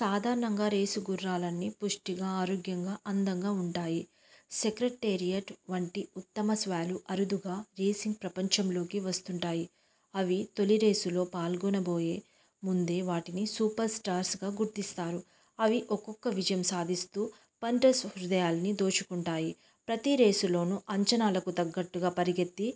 సాధారణంగా రేసుగుర్రాలన్నీ పుష్టిగా, ఆరోగ్యంగా, అందంగా ఉంటాయి. సెక్రట్టేరియట్ వంటి ఉత్తమాశ్వాలు అరుదుగా రేసింగ్ ప్రపంచంలోకి వస్తుంటాయి. అవి తొలిరేసులో పాల్గొనబోయే ముందే వాటిని సూపర్ స్టార్స్ గా గుర్తిస్తారు, అవి ఒక్కొక్క విజయం సాదిస్తూ పంటర్స్ హృదయాల్ని దోచుకుంటాయి. ప్రతి రేసులోనూ అంచనాలకు తగ్గట్టుగా పరిగెత్తి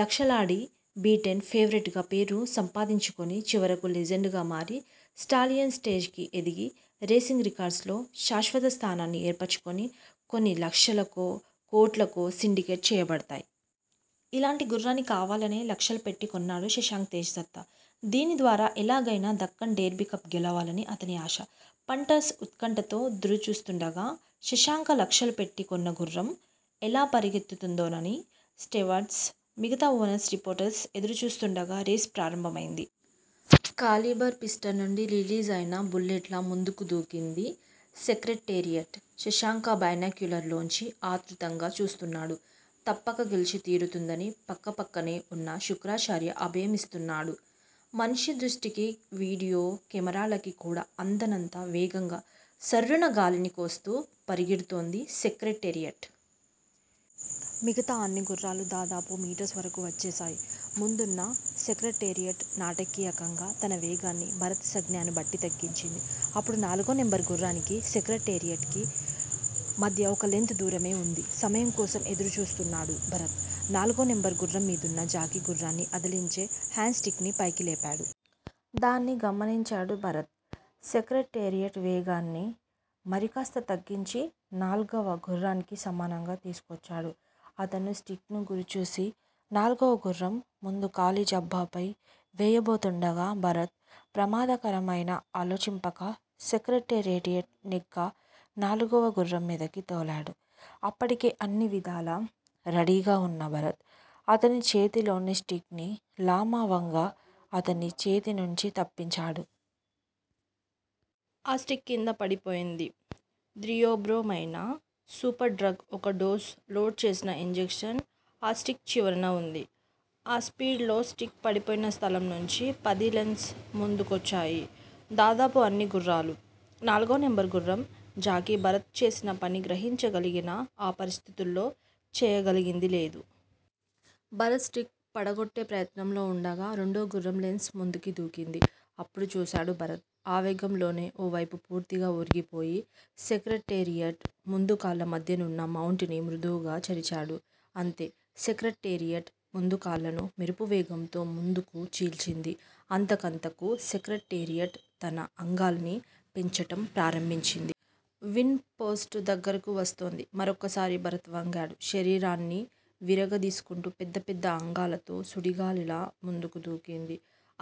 లక్షలాడి బీటెన్ ఫేవరేట్ గా పేరు సంపాదించుకొని చివరకు లెజెండ్ గా మారి స్టాలియన్ స్టేజ్ కి ఎదిగి రేసింగ్ రికార్డ్సులో శాశ్వత స్థానాన్ని ఏర్పరచుకొని కొన్ని లక్షలకో, కోట్లకో సిండికేట్ చేయబడతాయి. ఇలాంటి గుర్రాన్ని కావాలనే లక్షలు పెట్టి కొన్నాడు శశాంక తేజ్ దత్త. దీని ద్వారా ఎలాగయినా దక్కన్ డేర్బీ కప్ గెలవాలని అతని ఆశ. పంటర్స్ ఉత్కంఠతో దురుచూస్తుండగా, శశాంక లక్షలు పెట్టి కొన్న గుర్రం ఎలా పరుగెత్తుతుందోనని స్టెవార్ట్స్, మిగతా ఓనర్స్ రిపోర్టర్స్ ఎదురుచూస్తుండగా రేస్ ప్రారంభమయ్యింది. కాలిబర్ పిస్టర్ నుండి రిలీజ్ అయిన బుల్లెట్ లా ముందుకు దూకింది సెక్రట్టేరియట్, శశాంక బైనాక్యులర్ లోంచి ఆతృతగా చూస్తున్నాడు. తప్పక గెల్చి తీరుతుందని పక్కపక్కనే ఉన్న శుక్రాచార్య అభయమిస్తున్నాడు. మనిషి దృష్టికి, వీడియో కెమెరాలకి కూడా అందనంత వేగంగా సర్రున గాలిని కోస్తూ పరుగెడుతోంది సెక్రట్టేరియట్. మిగతా అన్ని గుర్రాలు దాదాపు మీటర్సు వరకు వచ్చేశాయి. ముందున్న సెక్రట్టేరియట్ నాటకీయకంగా తన వేగాన్ని భరత్ సంజ్ఞాను బట్టి తగ్గించింది. అప్పుడు నాలుగో నెంబర్ గుర్రానికి సెక్రట్టేరియట్ కీ మధ్య ఒక లెంత్ దూరమే ఉంది. సమయం కోసం ఎదురు చూస్తున్నాడు భరత్. నాల్గవ నెంబరు గుర్రం మీదున్న జాకీ గుర్రాన్ని అదలించే హేండ్ స్టిక్ ని పైకి లేపాడు. దాన్ని గమనించాడు భరత్. సెక్రట్టేరియట్ వేగాన్ని మరికాస్త తగ్గించి నాల్గవ గుర్రానికి సమానంగా తీసుకొచ్చాడు. అతను స్టిక్ ను గురిచూసి నాల్గవ గుర్రం ముందు కాలి జబ్బాపై వేయబోతుండగా భరత్ ప్రమాదకరమయినా ఆలోచింపక సెక్రట్టేరియట్ నెక్ గా నాల్గవ గుర్రం మీదకు తోలాడు, అప్పటికే అన్నివిధాల రడీగా ఉన్న భరత్ అతని చేతిలోని స్టిక్ ని లామవంగా అతని చేతి నుంచి తప్పించాడు. ఆ స్టిక్ కిందపడిపోయింది. ద్రియోబ్రో మైన సూపర్ డ్రగ్ ఒక డోస్ లోడ్ చేసిన ఇంజెక్షన్ ఆ స్టిక్ చివరన ఉంది. ఆ స్పీడ్ లో స్టిక్ పడిపోయిన స్థలం నుంచి పది లెంత్స్ ముందు కొచ్చాయి దాదాపు అన్ని గుర్రాలు. నాల్గవ నెంబర్ గుర్రం జాకీ భరత్ చేసిన పని గ్రహించగలిగినా ఆ పరిస్థితుల్లో చేయగలిగింది లేదు. భరత్ స్టిక్ పడగొట్టే ప్రయత్నంలో ఉండగా రెండొవ గుర్రం లెంత్స్ ముందుకి దూకింది. అప్పుడు చూసాడు భరత్. ఆ వేగంలోనే ఓ వేపు పూర్తిగా ఒరిగిపోయి సెక్రట్టేరియట్ ముందుకాళ్ళ మధ్యనున్న మౌంట్ ని మృదువుగా చరిచాడు, అంతే సెక్రట్టేరియట్ ముందుకాళ్ళను మెరుపువేగంతో ముందుకు చీల్చింది. అంతకంతకు సెక్రట్టేరియట్ తన అంగాల్ని పెంచటం ప్రారంభించింది. విన్ పోస్ట్ దగ్గరకు వస్తోంది. మరొక్కసారి భరత్ వంగాడు. శరీరాన్ని విరగదీసుకుంటూ పెద్ద పెద్ద అంగాలతో సుడిగాలిలా ముందుకు దూకింది.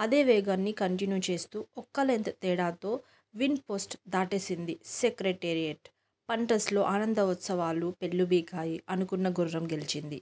అదే వేగాన్ని కంటిన్యూ చేస్తూ ఒక్క లెంత్ తేడాతో విన్ పోస్ట్ దాటేసింది సెక్రటేరియట్. పంటర్స్ లో ఆనందోత్సాహాలు పెల్లుబీకాయి. అనుకున్న గుర్రం గెలిచింది.